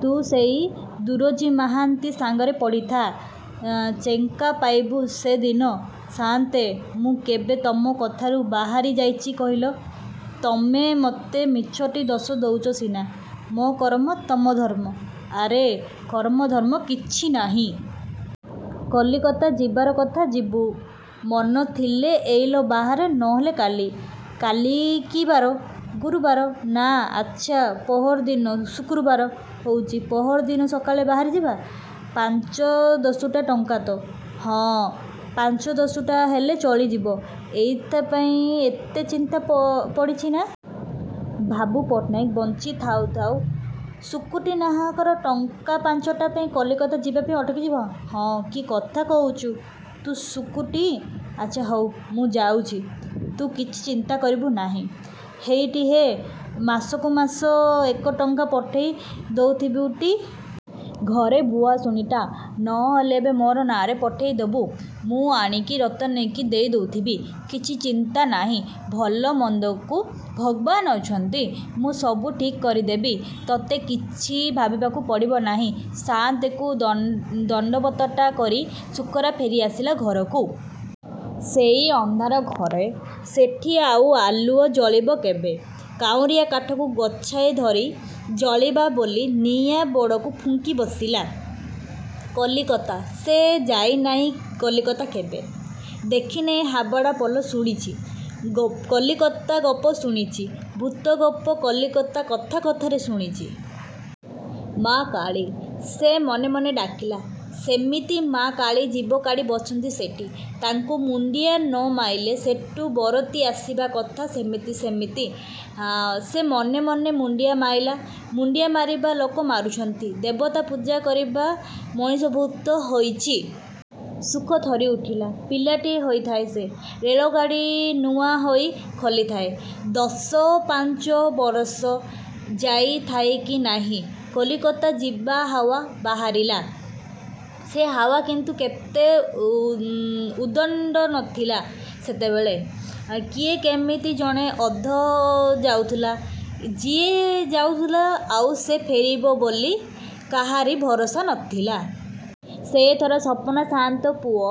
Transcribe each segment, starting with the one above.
ତୁ ସେଇ ଦୁରୁଜୀ ମହାନ୍ତି ସାଙ୍ଗରେ ପଡ଼ିଥା। ଚେଙ୍କା ପାଇବୁ ଯେ ଦିନେ! '' ''ସାଆନ୍ତେ, ମୁଁ କେବେ ତମ କଥାରୁ ବାହାରି ଯାଇଚି କହିଲ? ତମେ ମୋତେ ମିଛୁଟାରେ ଦୋଷ ଦେଉଚ ସିନା। ମୋ କରମ, ତମ ଧରମ। '' ଆରେ କରମ ଧରମ କିଛି ନାହିଁ। କଲିକତା ଯିବାର କଥା ଯିବୁ। ମନ ଥିଲେ ଏଇଲେ ବାହାର ନହେଲା କାଲି। କାଲି କି ବାର? ଗୁରୁବାର, ନା? ଆଚ୍ଛା, ପହରିଦିନ ଶୁକ୍ରବାର ହଉଚି ପହରିଦିନ ସକାଳେ ବାହାରିଯା। ପାଞ୍ଚ ଦଶୁଟା ଟଙ୍କା ତ? '' ''ହଁ, ପାଞ୍ଚ, ଦଶୁଟା ହେଲେ ଚଳିଯିବ। '' ''ଏଇଥିପାଇଁ ଏତେ ଚିନ୍ତା ପଡ଼ିଛିନା? ଭାଗୁ ପଟ୍ଟନାହାକ ବଞ୍ଚି ଥାଉ ଥାଉ ଶୁକୁଟି ନାହାକର ଟଙ୍କା ପାଞ୍ଚଟାପାଇଁ କଲିକତା ଯିବା ଅଟକି ଯିବ? ହେଁ, କିକଥା କହୁଛୁରେ ତୁ ଶୁକୁଟି! ଆଚ୍ଛା ହଉ, ମୁଁ ଯାଉଛି। ତୁ କିଛି ଚିନ୍ତା କରିବୁ ନାହିଁ। ହେଇଟି ହେ, ମାସକୁ ମାସ ଏକା ଟଙ୍କା ପଠେଇ ଦଉଥିବୁଟି? ଘରେ ଭୁଆସୁଣୀଟା। ନ ହେଲା ଏବେ ମୋରି ନାଆଁରେ ପଠେଇ ଦେବୁ। ମୁଁ ଆଣି ରତନୀକି ଦେଇ ଦଉଥିବି। କିଛି ଚିନ୍ତା ନାହିଁ। ଭଲ ମନ୍ଦକୁ ଭଗବାନ୍ ଅଛନ୍ତି। ମୁଁ ସବୁ ଠିକ୍ କରିଦେବି। ତୋତେ କିଛି ଭାବିବାକୁ ପଡ଼ିବ ନାହିଁ। ସାଆନ୍ତକୁ ଦଣ୍ଡବତଟାଏ କରି ଶୁକୁରା ଫେରି ଆସିଲା ଘରକୁ। ସେଇ ଅନ୍ଧାର ଘର। ସେଠି ଆଉ ଆଲୁଅ ଜଳିବ କେବେ? କାଉଁରିଆ କାଠିରୁ ଗୋଛାଏ ଧରି ଜାଳିବ ବୋଲି ନିଆଁ ବଡ଼କୁ ଫୁଙ୍କି ବସିଲା। କଲିକତା! ସେ ଯାଇନାହିଁ କଲିକତା କେବେ। ଦେଖିନାହିଁ ହାବଡ଼ା ପୋଲ, ଶୁଣିଛି। କଲିକତା ଗପ ଶୁଣୁଛି। ଭୂତଗପ କଲିକତା କଥା କଥାରେ ଶୁଣିଛି। ମା କାଳୀ! ସେ ମନେ ମନେ ଡାକିଲା। ସେମିତି ମା କାଳୀ ଜିଭ କାଢ଼ି ବସିଛନ୍ତି ସେଠି। ତାଙ୍କୁ ମୁଣ୍ଡିଆ ନ ମାଇଲେ ସେଠୁ ବରତି ଆସିବା କଥା ସେମିତି ସେମିତି। ସେ ମନେ ମନେ ମୁଣ୍ଡିଆ ମାଇଲା। ମୁଣ୍ଡିଆ ମାରିବି ଲୋକେ ମରୁଛନ୍ତି। ଦେବତା ପୂଜା କରିବି ମଣିଷ ଭୂତ ହୋଇଛି। ଶୁକ ଥରି ଉଠିଲା। ପିଲାଟିଏ ହୋଇଥାଏ ସେ। ରେଳଗାଡ଼ି ନୂଆ ହୋଇ ଖୋଲିଥାଏ। ଦଶପାଞ୍ଚ ବରଷ ଯାଇ ଥାଏ କି ନାହିଁ। କଲିକତା ଯିବା ହାଉଆ ବହିଲା। ସେ ହାଉଆ କିନ୍ତୁ ସେତେ ଉଦଣ୍ଡ ନଥିଲା ସେତେବେଳେ। କିଏ କେମିତି ଜଣେ ଅଧେ ଯାଉଥିଲେ। ଯିଏ ଯାଉଥିଲେ ସେ ଆଉ ଫେରିବେ ବୋଲି କାହାରି ଭରସା ନଥିଲା। ସେଥର ସପନା ସାଆନ୍ତ ପୁଅ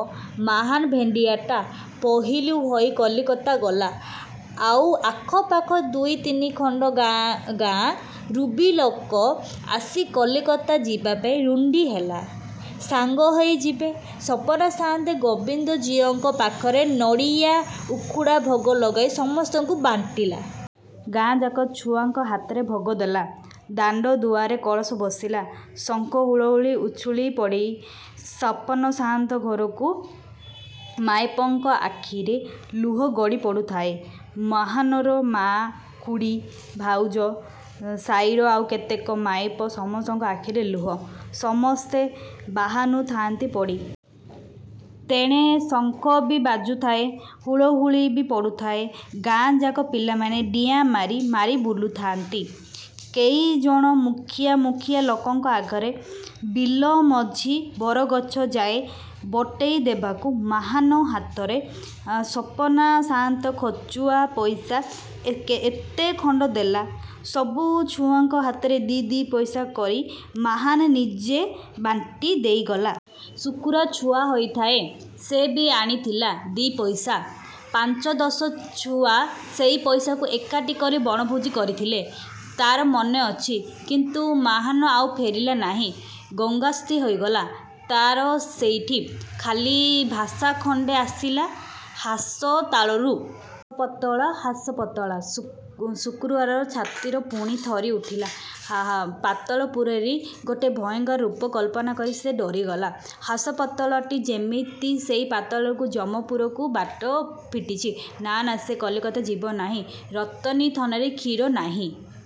ମୋହନ ଭେଣ୍ଡିଆଟା ପହିଲୁ ହେଇ କଲିକତା ଗଲା। ଆଉ ଆଖପାଖ ଦୁଇ ତିନି ଖଣ୍ଡ ଗାଁରୁବି ଲୋକ ଆସି କଲିକତା ଯିବାପାଇଁ ରୁଣ୍ଡ ହେଲେ। ସାଙ୍ଗ ହୋଇଯିବେ। ସପନା ସାଆନ୍ତେ ଗୋବିନ୍ଦ ଜୀଉଙ୍କ ପାଖରେ ନଡ଼ିଆ ଉଖୁଡ଼ା ଭୋଗ ଲଗେଇ ସମସ୍ତଙ୍କୁ ବାଣ୍ଟିଲା। ଗାଁଯାକ ଛୁଆଙ୍କ ହାତରେ ଭୋଗ ଦେଲା। ଦାଣ୍ଡଦୁଆରେ କଳସ ବସିଲା। ଶଙ୍ଖ ହୁଳହୁଳି ଉଛୁଳିଲା ପଡ଼ି ସପନା ସାଆନ୍ତ ଘରୁ। ମାଇପଙ୍କ ଆଖିରୁ ଲୁହ ଗଡ଼ି ପଡ଼ୁଥାଏ। ମୋହନାର ମା, ଖୁଡ଼ୀ, ଭାଉଜ, ସାଇର ଆଉ କେତେ ମାଇପେ ସମସ୍ତଙ୍କ ଆଖିରେ ଲୁହ। ସମସ୍ତେ ବାହୁନୁଥାନ୍ତି ପଡ଼ି। ତେଣେ ଶଙ୍ଖବି ବାଜୁଥାଏ ହୁଳହୁଳିବି ପଡ଼ୁଥାଏ। ଗାଁଯାକ ପିଲେ ଡିଆଁମାରି ମାରି ବୁଲିଥାଆନ୍ତି କେଇଜଣ ମୁଖିଆ ମୁଖିଆ ଲୋକଙ୍କ ଆଗେ ଆଗେ ବିଲ ମଝି ବରଗଛ ଯାଏଁ ବଟେଇ ଦେବାକୁ। ମୋହନା ହାତରେ ସପନା ସାଆନ୍ତ ଖୁଚୁରା ପଇସା ଏତେ ଖଣ୍ଡେ ଦେଲା। ସବୁ ଛୁଆଙ୍କ ହାତରେ ଦି ଦି'ପଇସା କରି ମୋହନା ନିଜେ ବାଣ୍ଟି ଦେଇଗଲା। ଶୁକୁରା ଛୁଆ ହୋଇଥାଏ।। ସେ ବି ଆଣିଥିଲା ଦି'ପଇସା। ପାଞ୍ଚ ଦଶ ଛୁଆ ସେ ପଇସାକୁ ଏକାଠି କରି ବଣଭୋଜି କରିଥିଲେ। ତା'ର ମନେ ଅଛି। କିନ୍ତୁ ମୋହନା ଆଉ ଫେରିଲା ନାହିଁ। ଗଙ୍ଗାସ୍ତି ହେଇଗଲା ତା'ର ସେଇଠି। ଖାଲି ଭାଷା ଖଣ୍ଡେ ଆସିଲା ହାସପାତାଳରୁ। ହାସପାତାଳ–ହାସପାତାଳ! ଶୁକୁରାର ଛାତି ପୁଣି ଥରି ଉଠିଲା। ପାତାଳପୁରୀର ଗୋଟାଏ ଭୟଙ୍କର ରୂପ କଳ୍ପନା କରି ସେ ଡରିଗଲା। ହାସପାତାଳଟା ଯେମିତି ସେଇ ପାତାଳକୁ–ଯମପୁରକୁ ବାଟ ଫିଟିଛି! ନା ନା, ସେ କଲିକତା ଯିବ ନାହିଁ। ରତନୀ ଥନରେ କ୍ଷୀର ନାହିଁ।